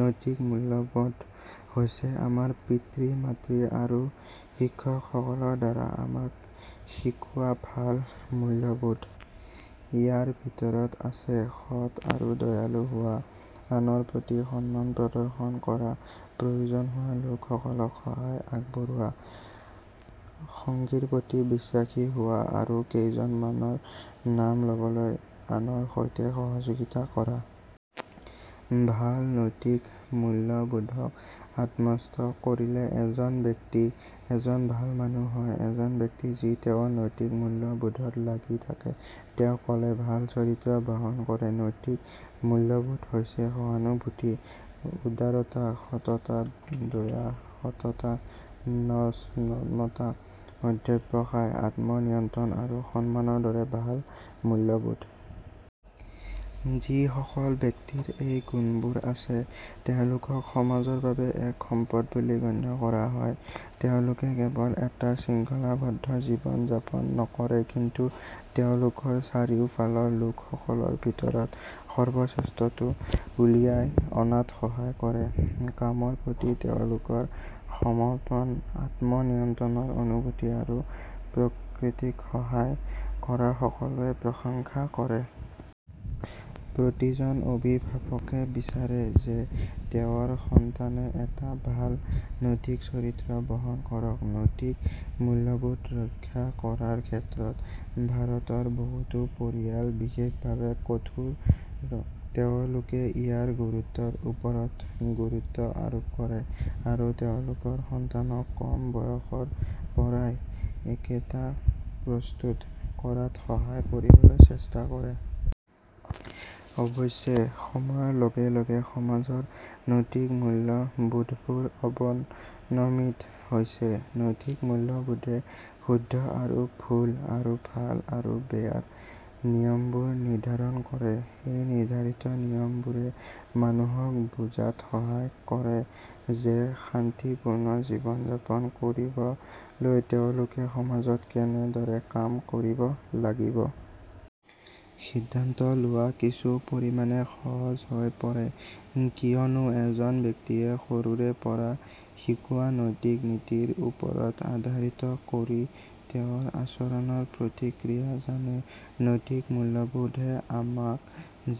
নৈতিক মূল্যবোধ হৈছে আমাৰ পিতৃ-মাতৃ আৰু শিক্ষকসকলৰ দ্বাৰা আমাক শিকোৱা ভাল মূল্যবোধ। ইয়াৰ ভিতৰত আছে সৎ আৰু দয়ালু হোৱা, আনৰ প্ৰতি সন্মান প্ৰদৰ্শন কৰা, প্ৰয়োজনহোৱা লোকসকলক সহায় আগবঢ়োৱা, সঙ্গীৰ প্ৰতি বিশ্বাসী হোৱা আৰু কেইজনমানৰ নাম ল'বলৈ আনৰ সৈতে সহযোগিতা কৰা। ভাল নৈতিক মূল্যবোধক আত্মস্থ কৰিলে এজন ব্যক্তি এজন ভাল মানুহ হয়। এজন ব্যক্তি যি তেওঁৰ নৈতিক মূল্যবোধত লাগি থাকে তেওঁ ক'লে ভাল চৰিত্ৰ বহন কৰে। নৈতিক মূল্যবোধ হৈছে সহানুভূতি, উদাৰতা, সততা, দয়া, সততা, নম্ৰতা, অধ্যৱসায়, আত্ম নিয়ন্ত্ৰণ আৰু সন্মানৰ দৰে ভাল মূল্যবোধ। যিসকল ব্যক্তিৰ এই গুণবোৰ আছে তেওঁলোকক সমাজৰ বাবে এক সম্পদ বুলি গণ্য কৰা হয়। তেওঁলোকে কেৱল এটা শৃংখলাবদ্ধ জীৱন যাপন নকৰে কিন্তু তেওঁলোকৰ চাৰিওফালৰ লোকসকলৰ ভিতৰত সৰ্বশ্ৰেষ্ঠটো উলিয়াই অনাত সহায় কৰে। কামৰ প্ৰতি তেওঁলোকৰ সমৰ্পণ, আত্ম নিয়ন্ত্ৰণৰ অনুভূতি আৰু প্ৰকৃতিক সহায় কৰা সকলোৱে প্ৰশংসা কৰে। প্ৰতিজন অভিভাৱকে বিচাৰে যে তেওঁৰ সন্তানে এটা ভাল নৈতিক চৰিত্ৰ বহন কৰক। নৈতিক মূল্যবোধ ৰক্ষা কৰাৰ ক্ষেত্ৰত ভাৰতৰ বহুতো পৰিয়াল বিশেষভাৱে কঠোৰ। তেওঁলোকে ইয়াৰ গুৰুত্বৰ ওপৰত গুৰুত্ব আৰোপ কৰে আৰু তেওঁলোকৰ সন্তানক কম বয়সৰ পৰাই একেটা প্ৰস্তুত কৰাত সহায় কৰিবলৈ চেষ্টা কৰে। অৱশ্যে, সময়ৰ লগে লগে সমাজৰ নৈতিক মূল্যবোধবোৰ অৱনমিত হৈছে। নৈতিক মূল্যবোধে শুদ্ধ আৰু ভুল আৰু ভাল আৰু বেয়াৰ নিয়মবোৰ নিৰ্ধাৰণ কৰে। এই নিৰ্ধাৰিত নিয়মবোৰে মানুহক বুজাত সহায় কৰে যে শান্তিপূৰ্ণ জীৱন যাপন কৰিবলৈ তেওঁলোকে সমাজত কেনেদৰে কাম কৰিব লাগিব। সিদ্ধান্ত লোৱা কিছু পৰিমাণে সহজ হৈ পৰে কিয়নো এজন ব্যক্তিয়ে সৰুৰে পৰা শিকোৱা নৈতিক নীতিৰ ওপৰত আধাৰিত কৰি তেওঁৰ আচৰণৰ প্ৰতিক্ৰিয়া জানে। নৈতিক মূল্যবোধে আমাক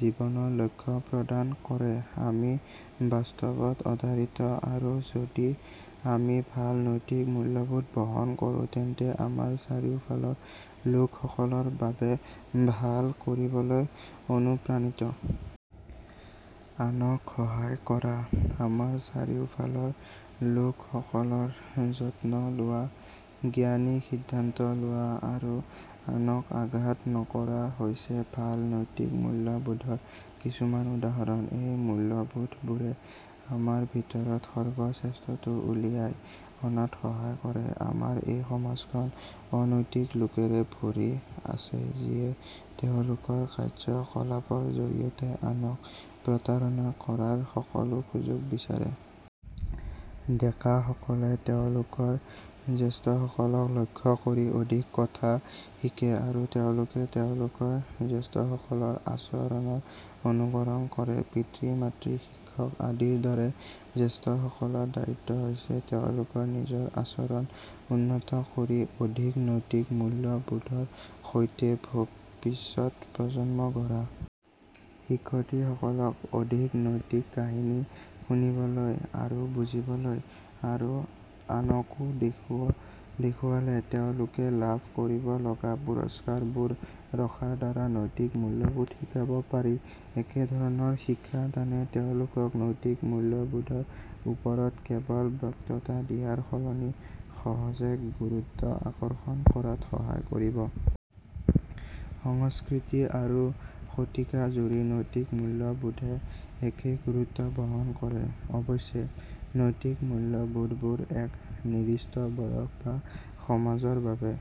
জীৱনৰ লক্ষ্য প্ৰদান কৰে। আমি বাস্তৱত আধাৰিত আৰু যদি আমি ভাল নৈতিক মূল্যবোধ বহন কৰোঁ তেন্তে আমাৰ চাৰিওফালৰ লোকসকলৰ বাবে ভাল কৰিবলৈ অনুপ্ৰাণিত। আনক সহায় কৰা, আমাৰ চাৰিওফালৰ লোকসকলৰ যত্ন লোৱা, জ্ঞানী সিদ্ধান্ত লোৱা আৰু আনক আঘাত নকৰা হৈছে ভাল নৈতিক মূল্যবোধৰ কিছুমান উদাহৰণ। এই মূল্যবোধবোৰে আমাৰ ভিতৰত সৰ্বশ্ৰেষ্ঠটো উলিয়াই অনাত সহায় কৰে। আমাৰ এই সমাজখন অনৈতিক লোকৰে ভৰি আছে যিয়ে তেওঁলোকৰ কাৰ্য্যকলাপৰ জৰিয়তে আনক প্ৰতাৰণা কৰাৰ সকলো সুযোগ বিচাৰে। ডেকা সকলে তেওঁলোকৰ জ্যেষ্ঠসকলক লক্ষ্য কৰি অধিক কথা শিকে আৰু তেওঁলোকে তেওঁলোকৰ জ্যেষ্ঠসকলৰ আচৰণৰ অনুকৰণ কৰে। পিতৃ-মাতৃ, শিক্ষক আদিৰ দৰে জ্যেষ্ঠসকলৰ দায়িত্ব হৈছে তেওঁলোকৰ নিজৰ আচৰণ উন্নত কৰি অধিক নৈতিক মূল্যবোধৰ সৈতে ভৱিষ্যত প্ৰজন্ম গঢ়া। শিক্ষাৰ্থীসকলক অধিক নৈতিক কাহিনী শুনিবলৈ আৰু বুজিবলৈ আৰু আনকো দেখুৱালে তেওঁলোকে লাভ কৰিব লগা পুৰষ্কাৰবোৰ ৰখাৰ দ্বাৰা নৈতিক মূল্যবোধ শিকাব পাৰি। এনেধৰণৰ শিক্ষাদানে তেওঁলোকক নৈতিক মূল্যবোধৰ ওপৰত কেৱল বক্তৃতা দিয়াৰ সলনি সহজে গুৰুত্ব আকৰ্ষণ কৰাত সহায় কৰিব। সংস্কৃতি আৰু শতিকাজুৰি নৈতিক মূল্যবোধে একেই গুৰুত্ব বহন কৰে। অৱশ্যে, নৈতিক মূল্যবোধবোৰ এক নিৰ্দিষ্ট বয়স বা সমাজৰ বাবে